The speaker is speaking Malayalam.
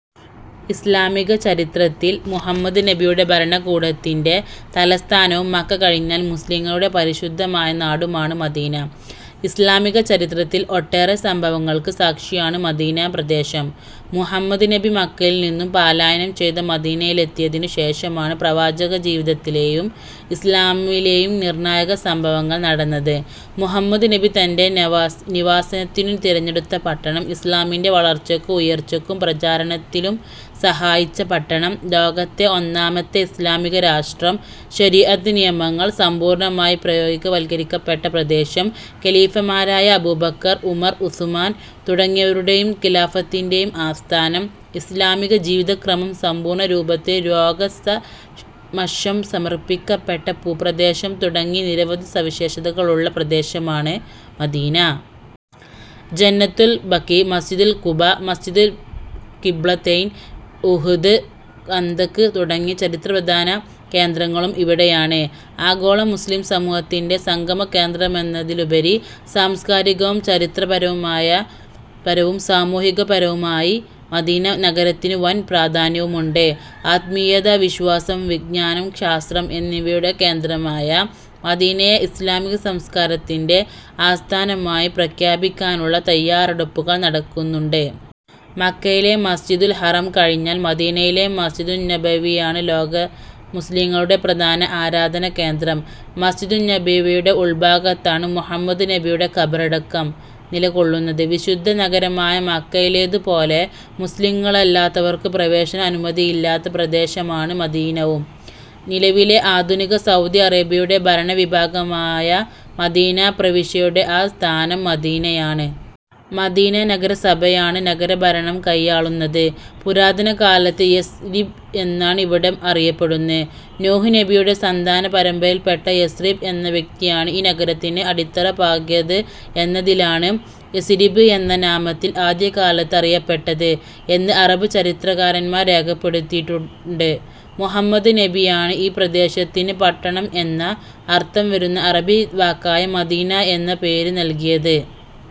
ഇസ്ലാമികചരിത്രത്തിൽ മുഹമ്മദ് നബിയുടെ ഭരണകൂടത്തിന്റെ തലസ്ഥാനവും മക്ക കഴിഞ്ഞാൽ മുസ്ലിംകളുടെ പരിശുദ്ധമായ നാടുമാണ് മദീന. ഇസ്ലാമിക ചരിത്രത്തിൽ ഒട്ടേറെ സംഭവങ്ങൾക്ക് സാക്ഷിയാണ് മദീന പ്രദേശം. മുഹമ്മദ് നബി മക്കയിൽ നിന്ന് പാലായനം ചെയ്ത് മദീനയിലെത്തിയതിനു ശേഷമാണ് പ്രവാചക ജീവിതത്തിലെയും ഇസ്ലാമിലെയും നിർണായക സംഭവങ്ങൾ നടന്നത്. മുഹമ്മദ് നബി തന്റെ നിവാസത്തിനു തിരഞ്ഞെടുത്ത പട്ടണം, ഇസ്ലാമിന്റെ വളർച്ചക്കും ഉയർച്ചക്കും പ്രചാരത്തിനും സഹായിച്ച പട്ടണം, ലോകത്തെ ഒന്നാമത്തെ ഇസ്ലാമിക രാഷ്ട്രം, ശരീഅത്ത് നിയമങ്ങൾ സമ്പൂർണ്ണമായി പ്രയോഗവൽക്കരിക്കപ്പെട്ട പ്രദേശം, ഖലീഫമാരായ അബൂബക്കർ, ഉമർ, ഉസ്മാൻ തുടങ്ങിയവരുടെയും ഖിലാഫത്തിന്റെ ആസ്ഥാനം, ഇസ്ലാമിക ജീവിതക്രമം സമ്പൂർണ രൂപത്തിൽ ലോകസമക്ഷം സമർപ്പിക്കപ്പെട്ട ഭൂപ്രദേശം തുടങ്ങി നിരവധി സവിശേഷതകളുള്ള പ്രദേശമാണ് മദീന. ജന്നത്തുൽ ബഖീ, മസ്ജിദ് ഖുബാ, മസ്ജിദ് ഖിബ്ലതൈൻ, ഉഹ്ദ്, ഖന്തക്ക് തുടങ്ങിയ ചരിത്ര പ്രധാന കേന്ദ്രങ്ങളും ഇവിടെയാണ്. ആഗോള മുസ്ലിം സമൂഹത്തിന്റെ സംഗമ കേന്ദ്രമെന്നതിലുപരി സാംസ്കാരികവും ചരിത്രപരവും സാമൂഹികപരവുമായി മദീന നഗരത്തിനു വൻ പ്രാധാന്യവുമുണ്ട്. ആത്മീയത, വിശ്വാസം, വിജ്ഞാനം, ശാസ്ത്രം എന്നിവയുടെ കേന്ദ്രമായ മദീനയെ ഇസ്ലാമിക സംസ്കാരത്തിന്റെ ആസ്ഥാനമായി പ്രഖ്യാപിക്കാനുള്ള തയ്യാറെടുപ്പുകൾ നടക്കുന്നുണ്ട്. മക്കയിലെ മസ്ജിദുൽ ഹറം കഴിഞ്ഞാൽ മദീനയിലെ മസ്ജിദുന്നബവിയാണ് ലോക മുസ്ലിംകളുടെ പ്രധാന ആരാധനാ കേന്ദ്രം. മസ്ജിദുന്നബവിയുടെ ഉൾഭാഗത്താണ് മുഹമ്മദ് നബിയുടെ ഖബറിടം നില കൊള്ളുന്നത്. വിശുദ്ധ നഗരമായ മക്കയിലേതു പോലെ മുസ്ലിംകളല്ലാത്തവർക്ക് പ്രവേശന അനുമതിയില്ലാത്ത പ്രദേശമാണ് മദീനയും. നിലവിൽ ആധുനിക സൗദി അറേബ്യയുടെ ഭരണ വിഭാഗമായ മദീന പ്രവിശ്യയുടെ ആസ്ഥാനം മദീനയാണ്. മദീന നഗരസഭയാണ് നഗരഭരണം കയ്യാളുന്നത്. പുരാതന കാലത്ത് യസ്'രിബ് എന്നാണ് ഇവിടം അറിയപ്പെടുന്നെ. നൂഹ് നബിയുടെ സന്താന പരമ്പരയിൽ പെട്ട യസ്രിബ് എന്ന വ്യക്തിയാണ് ഈ നഗരത്തിനു അടിത്തറ പാകിയത് എന്നതിലാണ് യസ്'രിബ് എന്ന നാമത്തിൽ ആദ്യകാലത്ത് അറിയപ്പെട്ടത് എന്ന് അറബ് ചരിത്രകാരന്മാർ രേഖപ്പെടുത്തിയിട്ടുണ്ട്. മുഹമ്മദ് നബിയാണ് ഈ പ്രദേശത്തിന് പട്ടണം എന്ന് അർഥം വരുന്ന അറബി വാക്കായ മദീന എന്ന പേര് നൽകിയത്.